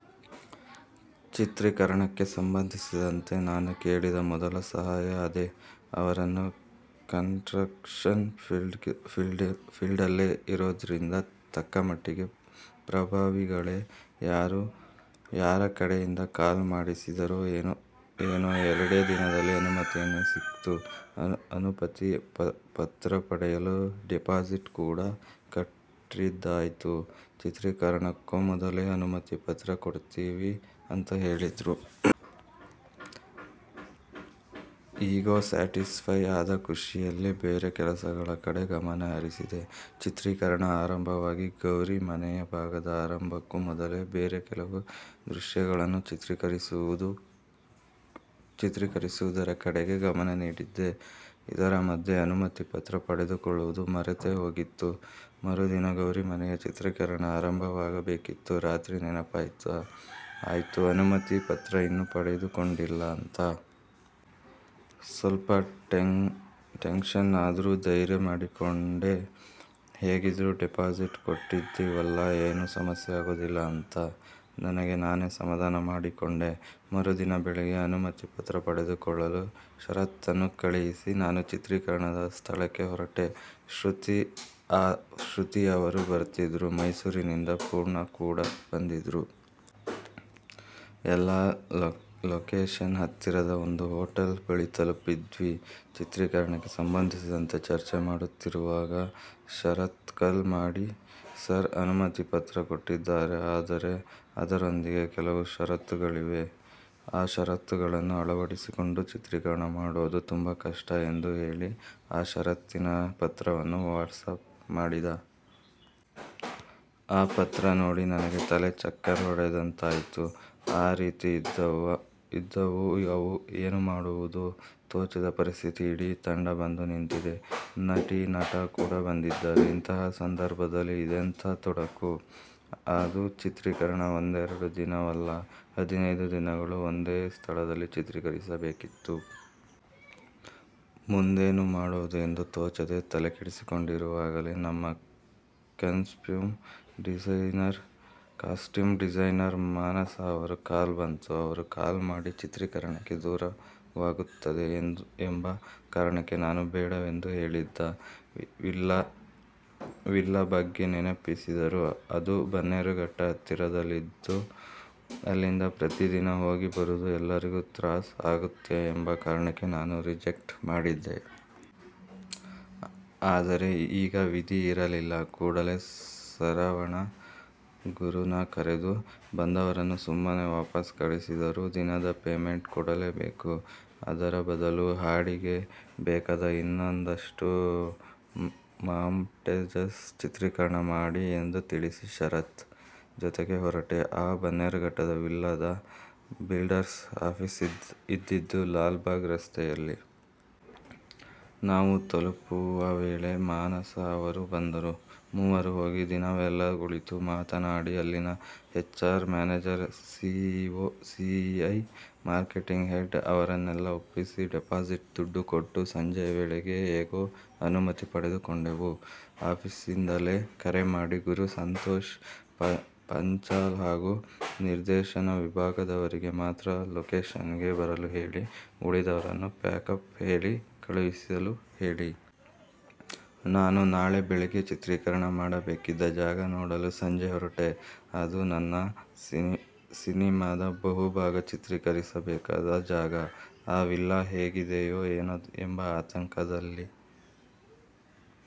ಚಿತ್ರೀಕರಣಕ್ಕೆ ಸಂಬಂಧಿಸಿದಂತೆ ನಾನು ಕೇಳಿದ ಮೊದಲ ಸಹಾಯ ಅದೇ. ಅವರು ಕನ್ಸ್ಟ್ರ ಕ್ಷನ್ ಫೀಲ್ಡಲ್ಲೇ ಇರೋದ್ರಿಂದ ತಕ್ಕಮಟ್ಟಿಗೆ ಪ್ರಭಾವಿಗಳೇ. ಯಾರ ಕಡೆಯಿಂದ ಕಾಲ್ ಮಾಡಿಸಿದರೋ ಏನೋ ಎರಡೇ ದಿನದಲ್ಲಿ ಅನುಮತಿಯೂ ಸಿಕ್ತು, ಅನುಪತಿ ಪತ್ರ ಪಡೆಯಲು ಡೆಪಾಸಿಟ್ ಕೂಡ ಕಟ್ಟಿದ್ದಾಯ್ತು. ಚಿತ್ರೀಕರಣಕ್ಕೊ ಮೊದಲೇ ಅನುಮತಿ ಪತ್ರ ಕೊಡ್ತೀವಿ ಅಂತ ಹೇಳಿದ್ರು. ಇಗೋ ಸ್ಯಾಟಿಸ್ಫೈ ಆದ ಖುಷಿಯಲ್ಲಿ ಬೇರೆ ಕೆಲಸಗಳ ಕಡೆ ಗಮನ ಹರಿಸಿದೆ. ಚಿತ್ರೀಕರಣ ಆರಂಭವಾಗಿ ಗೌರಿ ಮನೆಯ ಭಾಗದ ಆರಂಭಕ್ಕೂ ಮೊದಲು ಬೇರೆ ಕೆಲವು ದೃಶ್ಯಗಳನ್ನು ಚಿತ್ರೀಕರಿಸುವುದರ ಕಡೆಗೆ ಗಮನ ನೀಡಿದ್ದೆ. ಇದರ ಮಧ್ಯೆ ಅನುಮತಿ ಪತ್ರ ಪಡೆದುಕೊಳ್ಳುವುದು ಮರೆತೇ ಹೋಗಿತ್ತು. ಮರುದಿನ ಗೌರಿ ಮನೆಯ ಚಿತ್ರೀಕರಣ ಆರಂಭವಾಗಬೇಕಿತ್ತು, ರಾತ್ರಿ ನೆನಪಾಯ್ತು ಅನುಮತಿ ಪತ್ರ ಇನ್ನೂ ಪಡೆದುಕೊಂಡಿಲ್ಲಾ ಅಂತ. ಸ್ವಲ್ಪ ಟೆನ್ಷನ್ ಆದ್ರು ಧೈರ್ಯ ಮಾಡಿಕೊಂಡೆ. ಹೇಗಿದ್ರು ಡೆಪಾಸಿಟ್ ಕಟ್ಟಿದ್ದೀವಲ್ಲಾ, ಏನೂ ಸಮಸ್ಯೆ ಆಗೋದಿಲ್ಲ ಅಂತ ನನಗೆ ನಾನೇ ಸಮಾಧಾನ ಮಾಡಿಕೊಂಡೆ. ಮರುದಿನ ಬೆಳಿಗ್ಗೆ ಅನುಮತಿ ಪತ್ರ ಪಡೆದುಕೊಳ್ಳಲು ಶರತ್ನನ್ನು ಕಳಿಸಿ, ನಾನು ಚಿತ್ರೀಕರಣದ ಸ್ಥಳಕ್ಕೆ ಹೊರಟೆ. ಶೃತಿ ಅವರೂ ಬರ್ತಿದ್ರು. ಮೈಸೂರಿನಿಂದ ಪೂರ್ಣ ಕೂಡ ಬಂದಿದ್ರು. ಎಲ್ಲಾ ಲೋಕೇಶನ್ ಹತ್ತಿರದ ಒಂದು ಹೋಟೆಲ್ ಬಳಿ ತಲುಪಿದ್ವಿ. ಚಿತ್ರೀಕರಣಕ್ಕೆ ಸಂಬಂಧಿಸಿದಂತೆ ಚರ್ಚೆ ಮಾಡುತ್ತಿರುವಾಗ ಶರತ್ಕಾಲ್ ಮಾಡಿ, ಸರ್ ಅನುಮತಿ ಪತ್ರ ಕೊಟ್ಟಿದ್ದಾರೆ. ಆದರೆ ಅದರೊಂದಿಗೆ ಕೆಲವು ಶರತ್ತುಗಳಿವೆ. ಆ ಶರತ್ತುಗಳನ್ನು ಅಳವಡಿಸಿಕೊಂಡು ಚಿತ್ರೀಕರಣ ಮಾಡೋದು ತುಂಬಾ ಕಷ್ಟ ಎಂದು ಹೇಳಿ, ಆ ಶರತ್ತಿನ ಪತ್ರವನ್ನು ವಾಟ್ಸಪ್ ಮಾಡಿದ. ಆ ಪತ್ರ ನೋಡಿ ನನಗೆ ತಲೆ ಚಕ್ಕರ್ ಹೊಡೆದಂತಾಯಿತು. ಆ ರೀತಿ ಇದ್ದವು ಅವು. ಏನು ಮಾಡುವುದೋ ತೋಚದ ಪರಿಸ್ಥಿತಿ ಇಡೀ ತಂಡ ಬಂದು ನಿಂತಿದೆ. ನಟಿ-ನಟ ಕೂಡ ಬಂದಿದ್ದಾರೆ. ಇಂತಹ ಸಂದರ್ಭದಲ್ಲಿ ಇದೆಂತಹ ತೊಡಕು. ಅದೂ ಚಿತ್ರೀಕರಣ ಒಂದೆರೆಡು ದಿನವಲ್ಲಾ. ಹದಿನೈದು ದಿನಗಳು ಒಂದೇ ಸ್ಥಳದಲ್ಲಿ ಚಿತ್ರೀಕರಿಸಬೇಕಿತ್ತು. ಮುಂದೇನು ಮಾಡುವುದು ಎಂದು ತೋಚದೆ ತಲೆಕೆಡಿಸ್ಕೊಂಡಿರುವಾಗಲೇ ನಮ್ಮ ಕಾಸ್ಟ್ಯೂಮ್ ಡಿಸೈನರ್ ಮಾನಸ ಅವರ ಕಾಲ್ ಬಂತು. ಅವರು ಕಾಲ್ ಮಾಡಿ, ಚಿತ್ರೀಕರಣಕ್ಕೆ ದೂರವಾಗುತ್ತದೆ ಎಂಬ ಕಾರಣಕ್ಕೆ ನಾನು ಬೇಡವೆಂದು ಹೇಳಿದ್ದ ವಿಲ್ಲಾ ಬಗ್ಗೆ ನೆನಪಿಸಿದರು. ಅದು ಬನ್ನೇರುಘಟ್ಟ ಹತ್ತಿರದಲ್ಲಿತ್ತು. ಅಲ್ಲಿಂದ ಪ್ರತಿದಿನ ಹೋಗಿ ಬರುವುದು ಎಲ್ಲರಿಗು ತ್ರಾಸ ಆಗುತ್ತೆ ಎಂಬ ಕಾರಣಕ್ಕೆ ನಾನು ರಿಜೆಕ್ಟ್ ಮಾಡಿದ್ದೆ. ಆದರೆ ಈಗ ವಿಧಿ ಇರಲಿಲ್ಲ. ಕೂಡಲೇ ಸರವಣ ಗುರುನ ಕರೆದು, ಬಂದವರನ್ನು ಸುಮ್ಮನೆ ವಾಪಸ್ಸು ಕಳಿಸಿದರೂ ದಿನದ ಪೇಮೆಂಟ್ ಕೊಡಲೇಬೇಕು. ಅದರ ಬದಲು, ಹಾಡಿಗೆ ಬೇಕಾದ ಇನ್ನೊಂದಷ್ಟು ಮಾಂಟೇಜಸ್ ಚಿತ್ರೀಕರಣ ಮಾಡಿ ಎಂದು ತಿಳಿಸಿ, ಶರತ್ ಜೊತೆಗೆ ಹೊರಟೆ, ಆ ಬನ್ನೇರುಘಟ್ಟದ ವಿಲ್ಲಾದ ಬಿಲ್ಡರ್ಸ್ ಆಫೀಸು ಇದ್ದದ್ದು, ಲಾಲ್ ಬಾಗ್ ರಸ್ತೆಯಲ್ಲಿ. ನಾವು ತಲುಪುವ ವೇಳೆಗೆ ಮಾನಸ ಅವರೂ ಬಂದರು. ಮೂವರೂ ಹೋಗಿ, ದಿನವೆಲ್ಲಾ ಕುಳಿತು, ಮಾತನಾಡಿ, ಅಲ್ಲಿನ H R, manager, CEO, marketing head ಅವರನ್ನೆಲ್ಲಾ ಒಪ್ಪಿಸಿ, ಡೆಪಾಸಿಟ್ ದುಡ್ದು ಕೊಟ್ಟು ಸಂಜೆಯ ವೇಳೆಗೆ ಹೇಗೋ ಅನುಮತಿ ಪಡೆದುಕೊಂಡೆವು. ಆಫೀಸಿಂದಲೇ ಕರೆ ಮಾಡಿ, ಗುರು, ಸಂತೋಷ್ ಪಾಂಚಾಲ್ ಹಾಗೂ ನಿರ್ದೇಶನ ವಿಭಾಗದವರಿಗೆ ಮಾತ್ರ ಲೊಕೇಷನ್ಗೆ ಬರಲು ಹೇಳಿ, ಉಳಿದವರನ್ನು ಪ್ಯಾಕಪ್ ಹೇಳಿ ಕಳುಹಿಸಲು ಹೇಳಿ. ನಾನು ನಾಳೆ ಬೆಳಗ್ಗೆ ಚಿತ್ರೀಕರಣ ಮಾಡಬೇಕಿದ್ದ ಜಾಗ ನೋಡಲು ಸಂಜೆ ಹೊರಟೆ. ಅದೂ ನನ್ನ ಸಿನೆಮಾದ ಬಹುಭಾಗ ಚಿತ್ರೀಕರಿಸಬೇಕಾದ ಜಾಗ. ಆ ವಿಲ್ಲಾ ಹೇಗಿದೆಯೋ ಏನೋ ಎಂಬ ಆತಂಕದಲ್ಲಿ.